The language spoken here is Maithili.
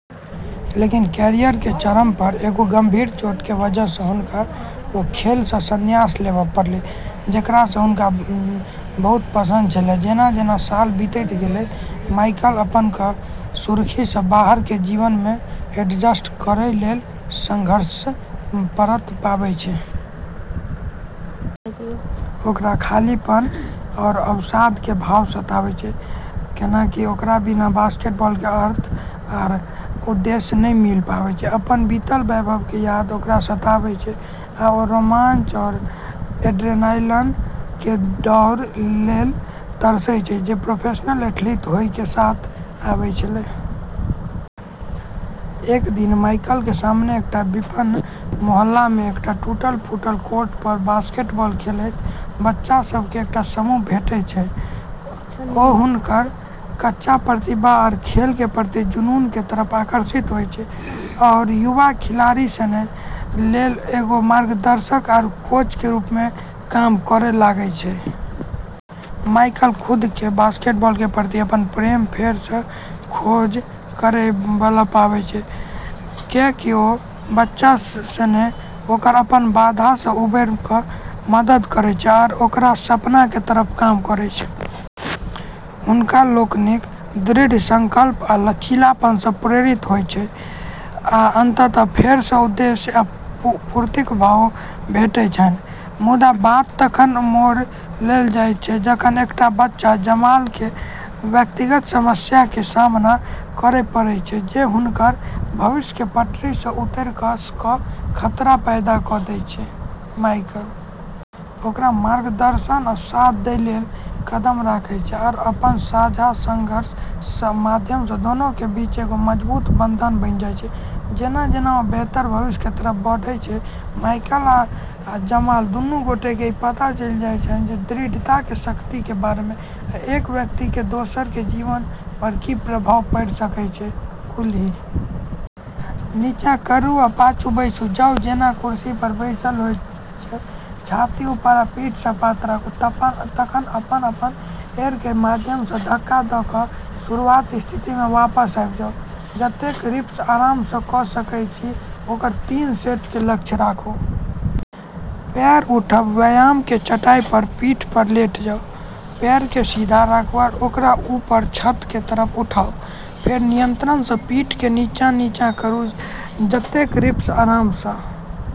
लेकिन कैरियर केरऽ चरम पर एगो गंभीर चोट के वजह सऽ हुनका वू खेल सऽ संन्यास लेबै पड़लै जेकरा सऽ हुनका बहुत पसंद छेलै। जेना-जेना साल बीतैत गेलै, माइकल अपना कऽ सुर्खी सऽ बाहर के जीवन मऽ एडजस्ट करै लेली संघर्षरत पाबै छै। ओकरा खालीपन आरू अवसाद के भाव सताबै छै, कैन्हेंकि ओकरा बिना बास्केटबॉल के अर्थ आरू उद्देश्य नै मिल पाबै छै। अपनऽ बीतलऽ वैभव के याद ओकरा सताबै छै, आरू वू रोमांच आरू एड्रेनालाईन केरऽ दौड़ लेली तरसै छै जे प्रोफेशनल एथलीट होय के साथ आबै छेलै। एक दिन माइकल के सामने एकटा विपन्न मोहल्ला के एकटा टूटल-फूटल कोर्ट पर बास्केटबॉल खेलैत बच्चा सब के एकटा समूह भेटैत छनि। ओ हुनकऽ कच्चा प्रतिभा आरू खेल के प्रति जुनून के तरफ आकर्षित होय जाय छै, आरू युवा खिलाड़ी सिनी लेली एगो मार्गदर्शक आरू कोच के रूप मऽ काम करै लगै छै। माइकल खुद कऽ बास्केटबॉल के प्रति अपनऽ प्रेम के फेर सऽ खोज करै वाला पाबै छै, कैन्हेंकि वू बच्चा सिनी कऽ ओकरऽ अपनऽ बाधा सऽ उबरऽ मऽ मदद करै छै आरू ओकरऽ सपना के तरफ काम करै छै। हुनका लोकनिक दृढ़ संकल्प आ लचीलापन सँ प्रेरित होइत छथि, आ अंततः फेर सँ उद्देश्य आ पूर्तिक भाव भेटैत छनि। मुदा बात तखन मोड़ लैत अछि जखन एकटा बच्चा जमाल के व्यक्तिगत समस्या के सामना करय पड़ैत छनि जे हुनकर भविष्य के पटरी सं उतरय के खतरा पैदा क दैत छनि ।माइकल ओकरा मार्गदर्शन आरू साथ दै लेली कदम रखै छै, आरू अपनऽ साझा संघर्ष के माध्यम स॑ दोनों के बीच एगो मजबूत बंधन बनी जाय छै। जेना-जेना ओ बेहतर भविष्य के तरफ बढ़ैत छथि, माइकल आ जमाल दुनू गोटे के ई पता चलैत छनि जे दृढ़ता के शक्ति के बारे में, आ एक व्यक्ति के दोसर के जीवन पर की प्रभाव पड़ि सकैत अछि ।कूल्हि नीचाँ करू आ पाछू बैसि जाउ जेना कुर्सी पर बैसल होइ। छाती ऊपर आ पीठ सपाट राखू। तखन अपन एड़ी के माध्यम सं धक्का द क शुरुआती स्थिति मे वापस आबि जाउ। जतेक रिप्स आराम स क सकैत छी ओकर तीन सेट के लक्ष्य राखू। पैर उठब: व्यायाम के चटाई पर पीठ पर लेट जाउ। पैर कें सीधा राखूं, आ ओकरा ऊपर छत के तरफ उठाऊ, फेर नियंत्रण स पीठ के नीचा नीचा करू ।जतेक रिप्स आराम स ।